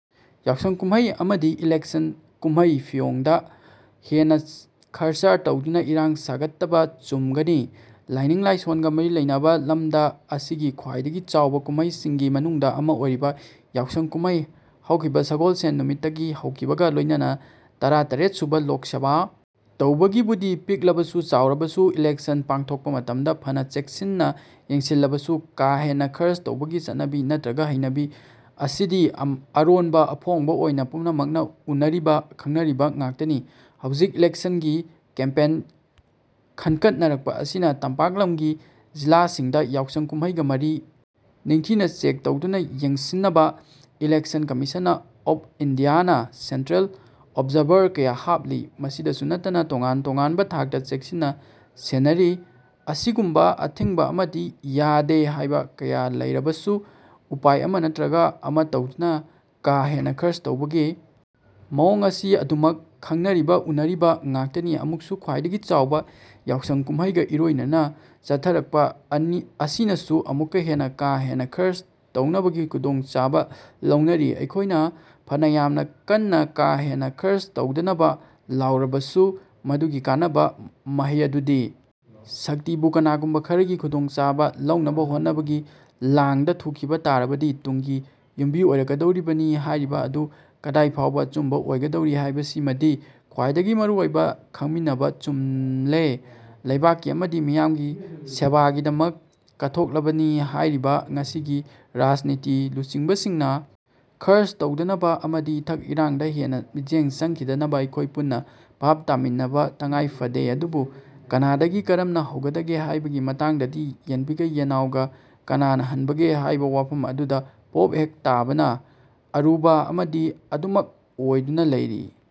ꯌꯥꯎꯁꯪ ꯀꯨꯝꯍꯩ ꯑꯃꯗꯤ ꯏꯂꯦꯛꯁꯟ ꯀꯨꯝꯍꯩ-ꯐꯤꯌꯣꯡꯗ ꯍꯦꯟꯅ ꯈꯔꯆ ꯇꯧꯗꯨꯅ ꯏꯔꯥꯡ ꯁꯥꯒꯠꯇꯕ ꯆꯨꯝꯒꯅꯤ ꯂꯥꯏꯅꯤꯡ-ꯂꯥꯏꯁꯣꯟꯒ ꯃꯔꯤ ꯂꯩꯅꯕ ꯂꯝꯗꯝ ꯑꯁꯤꯒꯤ ꯈ꯭ꯋꯥꯏꯗꯒꯤ ꯆꯥꯎꯕ ꯀꯨꯝꯍꯩꯁꯤꯡꯒꯤ ꯃꯅꯨꯡꯗ ꯑꯃ ꯑꯣꯏꯔꯤꯕ ꯌꯥꯎꯁꯪ ꯀꯨꯝꯍꯩ ꯍꯧꯈꯤꯕ ꯁꯒꯣꯜꯁꯦꯟ ꯅꯨꯃꯤꯠꯇꯒꯤ ꯍꯧꯈꯤꯕꯒ ꯂꯣꯏꯅꯅ ꯇꯔꯥꯇꯔꯦꯠ ꯁꯨꯕ ꯂꯣꯛ ꯁꯚꯥ ꯇꯧꯕꯒꯤꯕꯨꯗꯤ ꯄꯤꯛꯂꯕꯁꯨ ꯆꯥꯎꯔꯕꯁꯨ ꯏꯂꯦꯛꯁꯟ ꯄꯥꯡꯊꯣꯛꯄ ꯃꯇꯝꯗ ꯐꯅ ꯆꯦꯛꯁꯤꯟꯅ ꯌꯦꯡꯁꯤꯜꯂꯕꯁꯨ ꯀꯥ-ꯍꯦꯟꯅ ꯈꯔꯆ ꯇꯧꯕꯒꯤ ꯆꯠꯅꯕꯤ ꯅꯠꯇ꯭ꯔꯒ ꯍꯩꯅꯕꯤ ꯑꯁꯤꯗꯤ ꯑꯔꯣꯟꯕ-ꯑꯐꯣꯡꯕ ꯑꯣꯏꯅ ꯄꯨꯝꯅꯃꯛꯅ ꯎꯅꯔꯤꯕ ꯈꯪꯅꯔꯤꯕ ꯉꯥꯛꯇꯅꯤ꯫ ꯍꯧꯖꯤꯛ ꯏꯂꯦꯛꯁꯟꯒꯤ ꯀꯦꯝꯄꯦꯟ ꯀꯟꯈꯠꯅꯔꯛꯄ ꯑꯁꯤꯅ ꯇꯝꯄꯥꯛ ꯂꯝꯒꯤ ꯖꯤꯂꯥꯁꯤꯡꯗ ꯌꯥꯎꯁꯪ ꯀꯨꯝꯍꯩꯒ ꯃꯔꯤ ꯅꯤꯡꯊꯤꯅ ꯆꯦꯛ ꯇꯧꯗꯨꯅ ꯌꯦꯡꯁꯤꯟꯅꯕ ꯏꯂꯦꯛꯁꯟ ꯀꯝꯃꯤꯁꯟ ꯑꯣꯐ ꯏꯟꯗꯤꯌꯥꯅ ꯁꯦꯟꯇ꯭ꯔꯦꯜ ꯑꯣꯕꯖꯥꯔꯚꯔ ꯀꯌꯥ ꯍꯥꯞꯂꯤ꯫ ꯃꯁꯤꯗꯁꯨ ꯅꯠꯇꯅ ꯇꯣꯉꯥꯟ-ꯇꯣꯉꯥꯟꯕ ꯊꯥꯛꯇ ꯆꯦꯛꯁꯤꯟꯅ ꯁꯦꯟꯅꯔꯤ꯫ ꯑꯁꯤꯒꯨꯝꯕ ꯑꯊꯤꯡꯕ ꯑꯃꯗꯤ ꯌꯥꯗꯦ ꯍꯥꯏꯕ ꯀꯌꯥ ꯂꯩꯔꯕꯁꯨ ꯎꯄꯥꯏ ꯑꯃ ꯅꯠꯇ꯭ꯔꯒ ꯑꯃ ꯇꯧꯗꯨꯅ ꯀꯥꯍꯦꯟꯅ ꯈꯔꯆ ꯇꯧꯕꯒꯤ ꯃꯑꯣꯡ ꯑꯁꯤ ꯑꯗꯨꯝꯃꯛ ꯈꯪꯅꯔꯤꯕ ꯎꯅꯔꯤꯕ ꯉꯥꯛꯇꯅꯤ꯫ ꯑꯃꯨꯛꯁꯨ ꯈ꯭ꯋꯥꯏꯗꯒꯤ ꯆꯥꯎꯕ ꯌꯥꯎꯁꯪ ꯀꯨꯝꯍꯩꯒ ꯏꯔꯣꯏꯅꯅ ꯆꯠꯊꯔꯛꯄ ꯑꯁꯤꯅꯁꯨ ꯑꯃꯨꯛꯀ ꯍꯦꯟꯅ ꯀꯥ-ꯍꯦꯟꯅ ꯈꯔꯆ ꯇꯧꯅꯕꯒꯤ ꯈꯨꯗꯣꯡꯆꯥꯕ ꯂꯧꯅꯔꯤ꯫ ꯑꯩꯈꯣꯏꯅ ꯐꯅ ꯌꯥꯝꯅ ꯀꯟꯅ ꯀꯥ-ꯍꯦꯟꯅ ꯈꯔꯆ ꯇꯧꯗꯅꯕ ꯂꯥꯎꯔꯕꯁꯨ ꯃꯗꯨꯒꯤ ꯀꯥꯟꯅꯕ ꯃꯍꯩ ꯑꯗꯨꯗꯤ ꯁꯛꯇꯤꯕꯨ ꯀꯅꯥꯒꯨꯝꯕ ꯈꯔꯒꯤ ꯈꯨꯗꯣꯡꯆꯥꯕ ꯂꯧꯅꯕ ꯍꯣꯠꯅꯕꯒꯤ ꯂꯥꯡꯗ ꯊꯨꯈꯤꯕ ꯇꯥꯔꯕꯗꯤ ꯇꯨꯡꯒꯤ ꯌꯨꯝꯕꯤ ꯑꯣꯏꯔꯛꯀꯗꯧꯔꯤꯕꯅꯤ ꯍꯥꯏꯔꯤꯕ ꯑꯗꯨ ꯀꯗꯥꯏ ꯐꯥꯎꯕ ꯑꯆꯨꯝꯕ ꯑꯣꯏꯒꯗꯧꯔꯤ ꯍꯥꯏꯕꯁꯤꯃꯗꯤ ꯈ꯭ꯋꯥꯏꯗꯒꯤ ꯃꯔꯨ ꯑꯣꯏꯅ ꯈꯪꯃꯤꯟꯅꯕ ꯆꯨꯝꯂꯦ꯫ ꯂꯩꯕꯥꯛꯀꯤ ꯑꯃꯗꯤ ꯃꯤꯌꯥꯝꯒꯤ ꯁꯦꯕꯥꯒꯤꯗꯃꯛ ꯀꯠꯊꯣꯛꯂꯕꯅꯤ ꯍꯥꯏꯔꯤꯕ ꯉꯁꯤꯒꯤ ꯔꯥꯖꯅꯤꯇꯤ ꯂꯨꯆꯤꯡꯕꯁꯤꯡꯅ ꯈꯔꯆ ꯇꯧꯗꯅꯕ ꯑꯃꯗꯤ ꯏꯊꯛ-ꯏꯔꯥꯡꯗ ꯍꯦꯟꯅ ꯃꯤꯠꯌꯦꯡ ꯆꯪꯈꯤꯗꯅꯕ ꯑꯩꯈꯣꯏ ꯄꯨꯟꯅ ꯚꯥꯕ ꯇꯥꯃꯤꯟꯅꯕ ꯇꯉꯥꯏꯐꯗꯦ꯫ ꯑꯗꯨꯕꯨ ꯀꯅꯥꯗꯒꯤ ꯀꯔꯝꯅ ꯍꯧꯒꯗꯒꯦ ꯍꯥꯏꯕꯒꯤ ꯃꯇꯥꯡꯗꯗꯤ ꯌꯦꯟꯕꯤꯒ ꯌꯦꯟꯅꯥꯎꯒ ꯀꯅꯥꯅ ꯍꯥꯟꯕꯒꯦ ꯍꯥꯏꯕ ꯋꯥꯐꯝ ꯑꯗꯨꯗ ꯄꯣꯞ ꯍꯦꯛ ꯇꯥꯕꯅ ꯑꯔꯨꯕ ꯑꯃꯗꯤ ꯑꯗꯨꯝꯃꯛ ꯑꯣꯏꯗꯨꯅ ꯂꯩꯔꯤ꯫